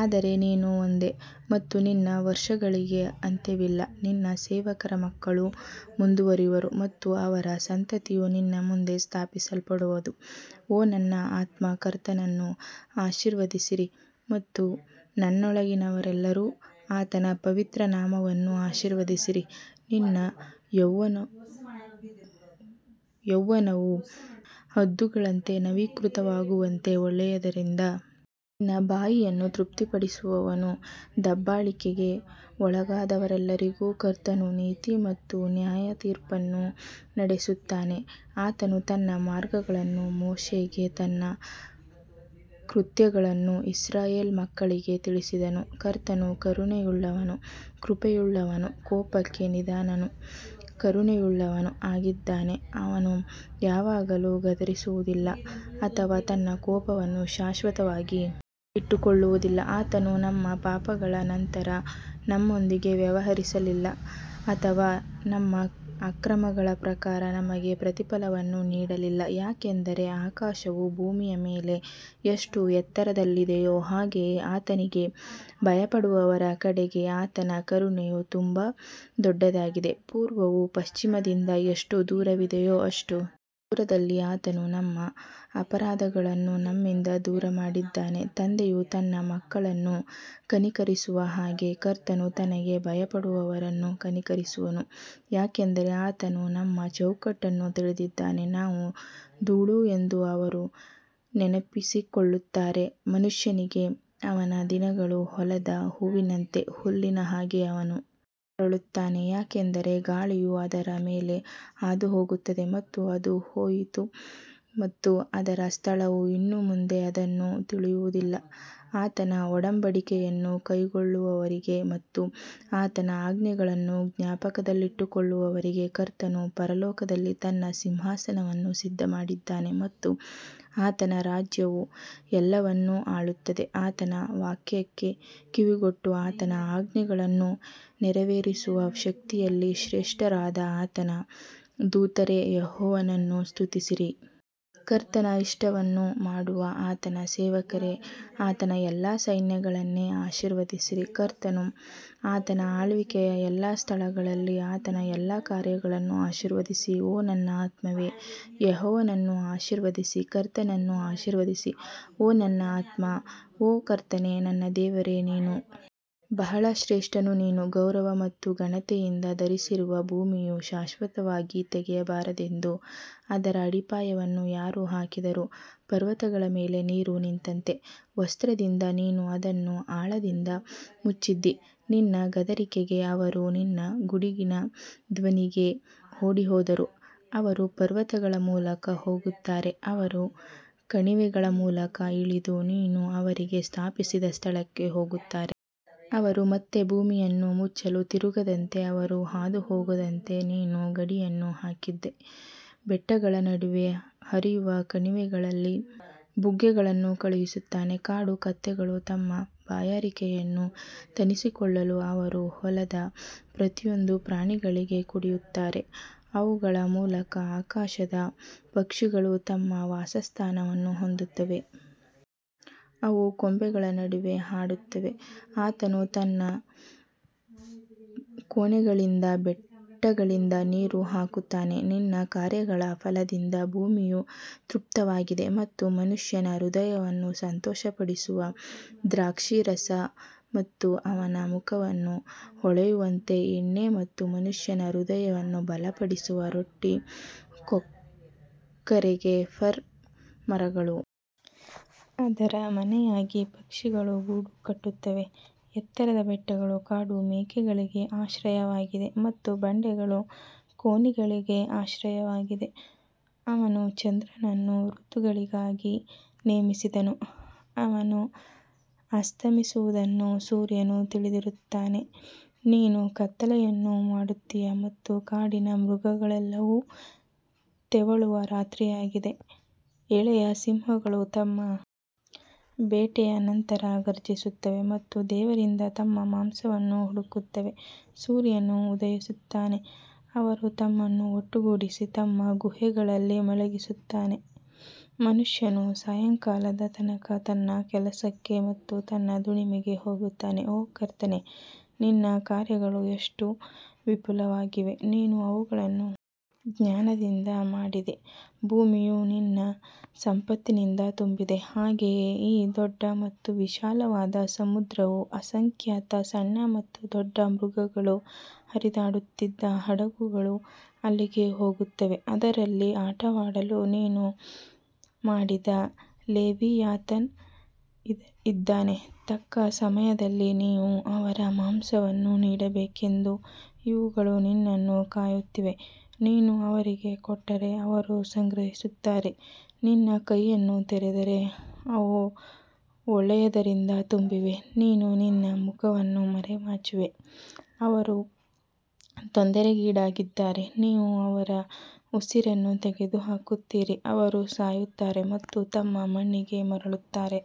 ಆದರೆ ನೀನು ಒಂದೇ ಮತ್ತು ನಿನ್ನ ವರ್ಷಗಳಿಗೆ ಅಂತ್ಯವಿಲ್ಲ ನಿನ್ನ ಸೇವಕರ ಮಕ್ಕಳು ಮುಂದುವರಿಯುವರು ಮತ್ತು ಅವರ ಸಂತತಿಯು ನಿನ್ನ ಮುಂದೆ ಸ್ಥಾಪಿಸಲ್ಪಡುವದು ಓ ನನ್ನ ಆತ್ಮ ಕರ್ತನನ್ನು ಆಶೀರ್ವದಿಸಿರಿ ಮತ್ತು ನನ್ನೊಳಗಿನವರೆಲ್ಲರೂ ಆತನ ಪವಿತ್ರ ನಾಮವನ್ನು ಆಶೀರ್ವದಿಸಿರಿ ನಿನ್ನ ಯೌವನವು ಹದ್ದುಗಳಂತೆ ನವೀಕೃತವಾಗುವಂತೆ ಒಳ್ಳೆಯದರಿಂದ ನಿನ್ನ ಬಾಯಿಯನ್ನು ತೃಪ್ತಿಪಡಿಸುವವನು ದಬ್ಬಾಳಿಕೆಗೆ ಒಳಗಾದವರೆಲ್ಲರಿಗೂ ಕರ್ತನು ನೀತಿ ಮತ್ತು ನ್ಯಾಯತೀರ್ಪನ್ನು ನಡೆಸುತ್ತಾನೆ ಆತನು ತನ್ನ ಮಾರ್ಗಗಳನ್ನು ಮೋಶೆಗೆ ತನ್ನ ಕೃತ್ಯಗಳನ್ನು ಇಸ್ರಾಯೇಲ್ ಮಕ್ಕಳಿಗೆ ತಿಳಿಸಿದನು ಕರ್ತನು ಕರುಣೆಯುಳ್ಳವನೂ ಕೃಪೆಯುಳ್ಳವನೂ ಕೋಪಕ್ಕೆ ನಿಧಾನನೂ ಕರುಣೆಯುಳ್ಳವನೂ ಆಗಿದ್ದಾನೆ ಅವನು ಯಾವಾಗಲೂ ಗದರಿಸುವುದಿಲ್ಲ ಅಥವಾ ತನ್ನ ಕೋಪವನ್ನು ಶಾಶ್ವತವಾಗಿ ಇಟ್ಟುಕೊಳ್ಳುವುದಿಲ್ಲ ಆತನು ನಮ್ಮ ಪಾಪಗಳ ನಂತರ ನಮ್ಮೊಂದಿಗೆ ವ್ಯವಹರಿಸಲಿಲ್ಲ ಅಥವಾ ನಮ್ಮ ಅಕ್ರಮಗಳ ಪ್ರಕಾರ ನಮಗೆ ಪ್ರತಿಫಲವನ್ನು ನೀಡಲಿಲ್ಲ ಯಾಕಂದರೆ ಆಕಾಶವು ಭೂಮಿಯ ಮೇಲೆ ಎಷ್ಟು ಎತ್ತರದಲ್ಲಿದೆಯೋ ಹಾಗೆಯೇ ಆತನಿಗೆ ಭಯಪಡುವವರ ಕಡೆಗೆ ಆತನ ಕರುಣೆಯು ತುಂಬಾ ದೊಡ್ಡದಾಗಿದೆ ಪೂರ್ವವು ಪಶ್ಚಿಮದಿಂದ ಎಷ್ಟು ದೂರವಿದೆಯೋ ಅಷ್ಟು ದೂರದಲ್ಲಿ ಆತನು ನಮ್ಮ ಅಪರಾಧಗಳನ್ನು ನಮ್ಮಿಂದ ದೂರಮಾಡಿದ್ದಾನೆ ತಂದೆಯು ತನ್ನ ಮಕ್ಕಳನ್ನು ಕನಿಕರಿಸುವ ಹಾಗೆ ಕರ್ತನು ತನಗೆ ಭಯಪಡುವವರನ್ನು ಕನಿಕರಿಸುವನು ಯಾಕಂದರೆ ಆತನು ನಮ್ಮ ಚೌಕಟ್ಟನ್ನು ತಿಳಿದಿದ್ದಾನೆ ನಾವು ಧೂಳು ಎಂದು ಅವರು ನೆನಪಿಸಿಕೊಳ್ಳುತ್ತಾರೆ ಮನುಷ್ಯನಿಗೆ ಅವನ ದಿನಗಳು ಹೊಲದ ಹೂವಿನಂತೆ ಹುಲ್ಲಿನ ಹಾಗೆ ಅವನು ಅರಳುತ್ತಾನೆ ಯಾಕಂದರೆ ಗಾಳಿಯು ಅದರ ಮೇಲೆ ಹಾದುಹೋಗುತ್ತದೆ ಮತ್ತು ಅದು ಹೋಯಿತು ಮತ್ತು ಅದರ ಸ್ಥಳವು ಇನ್ನು ಮುಂದೆ ಅದನ್ನು ತಿಳಿಯುವುದಿಲ್ಲ ಆತನ ಒಡಂಬಡಿಕೆಯನ್ನು ಕೈಕೊಳ್ಳುವವರಿಗೆ ಮತ್ತು ಆತನ ಆಜ್ಞೆಗಳನ್ನು ಜ್ಞಾಪಕದಲ್ಲಿಟ್ಟುಕೊಳ್ಳುವವರಿಗೆ ಕರ್ತನು ಪರಲೋಕದಲ್ಲಿ ತನ್ನ ಸಿಂಹಾಸನವನ್ನು ಸಿದ್ಧಮಾಡಿದ್ದಾನೆ ಮತ್ತು ಆತನ ರಾಜ್ಯವು ಎಲ್ಲವನ್ನು ಆಳುತ್ತದೆ ಆತನ ವಾಕ್ಯಕ್ಕೆ ಕಿವಿಗೊಟ್ಟು ಆತನ ಆಜ್ಞೆಗಳನ್ನು ನೆರವೇರಿಸುವ ಶಕ್ತಿಯಲ್ಲಿ ಶ್ರೇಷ್ಠರಾದ ಆತನ ದೂತರೇ, ಯೆಹೋವನನ್ನು ಸ್ತುತಿಸಿರಿ. ಕರ್ತನ ಇಷ್ಟವನ್ನು ಮಾಡುವ ಆತನ ಸೇವಕರೇ, ಆತನ ಎಲ್ಲಾ ಸೈನ್ಯಗಳನ್ನೇ ಆಶೀರ್ವದಿಸಿರಿ ಕರ್ತನು ಆತನ ಆಳ್ವಿಕೆಯ ಎಲ್ಲಾ ಸ್ಥಳಗಳಲ್ಲಿ ಆತನ ಎಲ್ಲಾ ಕಾರ್ಯಗಳನ್ನು ಆಶೀರ್ವದಿಸಿ ಓ ನನ್ನ ಆತ್ಮವೇ ಯೆಹೋವನನ್ನು ಆಶೀರ್ವದಿಸಿ ಕರ್ತನನ್ನು ಆಶೀರ್ವದಿಸಿ ಓ ನನ್ನ ಆತ್ಮ ಓ ಕರ್ತನೇ ನನ್ನ ದೇವರೇ ನೀನು ಬಹಳ ಶ್ರೇಷ್ಠನು ನೀನು ಗೌರವ ಮತ್ತು ಘನತೆಯಿಂದ ಧರಿಸಿರುವೆ ಭೂಮಿಯು ಶಾಶ್ವತವಾಗಿ ತೆಗೆಯಬಾರದೆಂದು ಅದರ ಅಡಿಪಾಯವನ್ನು ಯಾರು ಹಾಕಿದರು ಪರ್ವತಗಳ ಮೇಲೆ ನೀರು ನಿಂತಂತೆ ವಸ್ತ್ರದಿಂದ ನೀನು ಅದನ್ನು ಆಳದಿಂದ ಮುಚ್ಚಿದ್ದೀ ನಿನ್ನ ಗದರಿಕೆಗೆ ಅವರು ನಿನ್ನ ಗುಡುಗಿನ ಧ್ವನಿಗೆ ಓಡಿಹೋದರು ಅವರು ಪರ್ವತಗಳ ಮೂಲಕ ಹೋಗುತ್ತಾರೆ, ಅವರು ಕಣಿವೆಗಳ ಮೂಲಕ ಇಳಿದು ನೀನು ಅವರಿಗೆ ಸ್ಥಾಪಿಸಿದ ಸ್ಥಳಕ್ಕೆ ಹೋಗುತ್ತಾರೆ. ಅವರು ಮತ್ತೆ ಭೂಮಿಯನ್ನು ಮುಚ್ಚಲು ತಿರುಗದಂತೆ ಅವರು ಹಾದುಹೋಗದಂತೆ ನೀನು ಗಡಿಯನ್ನು ಹಾಕಿದ್ದೀ ಬೆಟ್ಟಗಳ ನಡುವೆ ಹರಿಯುವ ಕಣಿವೆಗಳಲ್ಲಿ ಬುಗ್ಗೆಗಳನ್ನು ಕಳುಹಿಸುತ್ತಾನೆ ಕಾಡು ಕತ್ತೆಗಳು ತಮ್ಮ ಬಾಯಾರಿಕೆಯನ್ನು ತಣಿಸಿಕೊಳ್ಳಲು ಅವರು ಹೊಲದ ಪ್ರತಿಯೊಂದು ಪ್ರಾಣಿಗಳಿಗೆ ಕುಡಿಯುತ್ತಾರೆ ಅವುಗಳ ಮೂಲಕ ಆಕಾಶದ ಪಕ್ಷಿಗಳು ತಮ್ಮ ವಾಸಸ್ಥಾನವನ್ನು ಹೊಂದುತ್ತವೆ, ಅವು ಕೊಂಬೆಗಳ ನಡುವೆ ಹಾಡುತ್ತವೆ ಆತನು ತನ್ನ ಕೋಣೆಗಳಿಂದ ಬೆಟ್ಟಗಳಿಗೆ ನೀರು ಹಾಕುತ್ತಾನೆ, ನಿನ್ನ ಕಾರ್ಯಗಳ ಫಲದಿಂದ ಭೂಮಿಯು ತೃಪ್ತವಾಗಿದೆ ಮತ್ತು ಮನುಷ್ಯನ ಹೃದಯವನ್ನು ಸಂತೋಷಪಡಿಸುವ ದ್ರಾಕ್ಷಾರಸ ಮತ್ತು ಅವನ ಮುಖವನ್ನು ಹೊಳೆಯುವಂತೆ ಎಣ್ಣೆ ಮತ್ತು ಮನುಷ್ಯನ ಹೃದಯವನ್ನು ಬಲಪಡಿಸುವ ರೊಟ್ಟಿ ಕೊಕ್ಕರೆಗೆ ಫರ್ ಮರಗಳು ಅದರ ಮನೆಯಾಗಿ ಪಕ್ಷಿಗಳು ಗೂಡು ಕಟ್ಟುತ್ತವೆ ಎತ್ತರದ ಬೆಟ್ಟಗಳು ಕಾಡು ಮೇಕೆಗಳಿಗೆ ಆಶ್ರಯವಾಗಿದೆ ಮತ್ತು ಬಂಡೆಗಳು ಕೋನಿಗಳಿಗೆ ಆಶ್ರಯವಾಗಿದೆ ಅವನು ಚಂದ್ರನನ್ನು ಋತುಗಳಿಗಾಗಿ ನೇಮಿಸಿದನು, ಅವನು ಅಸ್ತಮಿಸುವುದನ್ನು ಸೂರ್ಯನು ತಿಳಿದಿರುತ್ತಾನೆ ನೀನು ಕತ್ತಲೆಯನ್ನು ಮಾಡುತ್ತೀಯ ಮತ್ತು ಕಾಡಿನ ಮೃಗಗಳೆಲ್ಲವೂ ತೆವಳುವ ರಾತ್ರಿಯಾಗಿದೆ ಎಳೆಯ ಸಿಂಹಗಳು ತಮ್ಮ ಬೇಟೆಯ ನಂತರ ಘರ್ಜಿಸುತ್ತವೆ ಮತ್ತು ದೇವರಿಂದ ತಮ್ಮ ಮಾಂಸವನ್ನು ಹುಡುಕುತ್ತವೆ ಸೂರ್ಯನು ಉದಯಿಸುತ್ತಾನೆ, ಅವರು ತಮ್ಮನ್ನು ಒಟ್ಟುಗೂಡಿಸಿ ತಮ್ಮ ಗುಹೆಗಳಲ್ಲಿ ಮಲಗಿಸುತ್ತಾರೆ ಮನುಷ್ಯನು ಸಾಯಂಕಾಲದ ತನಕ ತನ್ನ ಕೆಲಸಕ್ಕೆ ಮತ್ತು ತನ್ನ ದುಡಿಮೆಗೆ ಹೋಗುತ್ತಾನೆ ಓ ಕರ್ತನೇ, ನಿನ್ನ ಕಾರ್ಯಗಳು ಎಷ್ಟು ವಿಪುಲವಾಗಿವೆ, ನೀನು ಅವುಗಳನ್ನು ಜ್ಞಾನದಿಂದ ಮಾಡಿದಿ, ಭೂಮಿಯು ನಿನ್ನ ಸಂಪತ್ತಿನಿಂದ ತುಂಬಿದೆ ಹಾಗೆಯೇ ಈ ದೊಡ್ಡ ಮತ್ತು ವಿಶಾಲವಾದ ಸಮುದ್ರವು ಅಸಂಖ್ಯಾತ ಸಣ್ಣ ಮತ್ತು ದೊಡ್ಡ ಮೃಗಗಳು ಹರಿದಾಡುತ್ತಿದೆ ಹಡಗುಗಳು ಅಲ್ಲಿಗೆ ಹೋಗುತ್ತವೆ, ಅದರಲ್ಲಿ ಆಟವಾಡಲು ನೀನು ಮಾಡಿದ ಲೆವಿಯಾಥನ್ ಇದ್ದಾನೆ ತಕ್ಕ ಸಮಯದಲ್ಲಿ ನೀವು ಅವರ ಮಾಂಸವನ್ನು ನೀಡಬೇಕೆಂದು ಇವುಗಳು ನಿನ್ನನ್ನು ಕಾಯುತ್ತಿವೆ ನೀನು ಅವರಿಗೆ ಕೊಟ್ಟರೆ ಅವರು ಸಂಗ್ರಹಿಸುತ್ತಾರೆ ನಿನ್ನ ಕೈಯನ್ನು ತೆರೆದರೆ ಅವು ಒಳ್ಳೆಯದರಿಂದ ತುಂಬಿವೆ ನೀನು ನಿನ್ನ ಮುಖವನ್ನು ಮರೆಮಾಚುವೆ ಅವರು ತೊಂದರೆಗೀಡಾಗಿದ್ದಾರೆ ನೀವು ಅವರ ಉಸಿರನ್ನು ತೆಗೆದುಹಾಕುತ್ತೀರಿ ಅವರು ಸಾಯುತ್ತಾರೆ ಮತ್ತು ತಮ್ಮ ಮಣ್ಣಿಗೆ ಮರಳುತ್ತಾರೆ.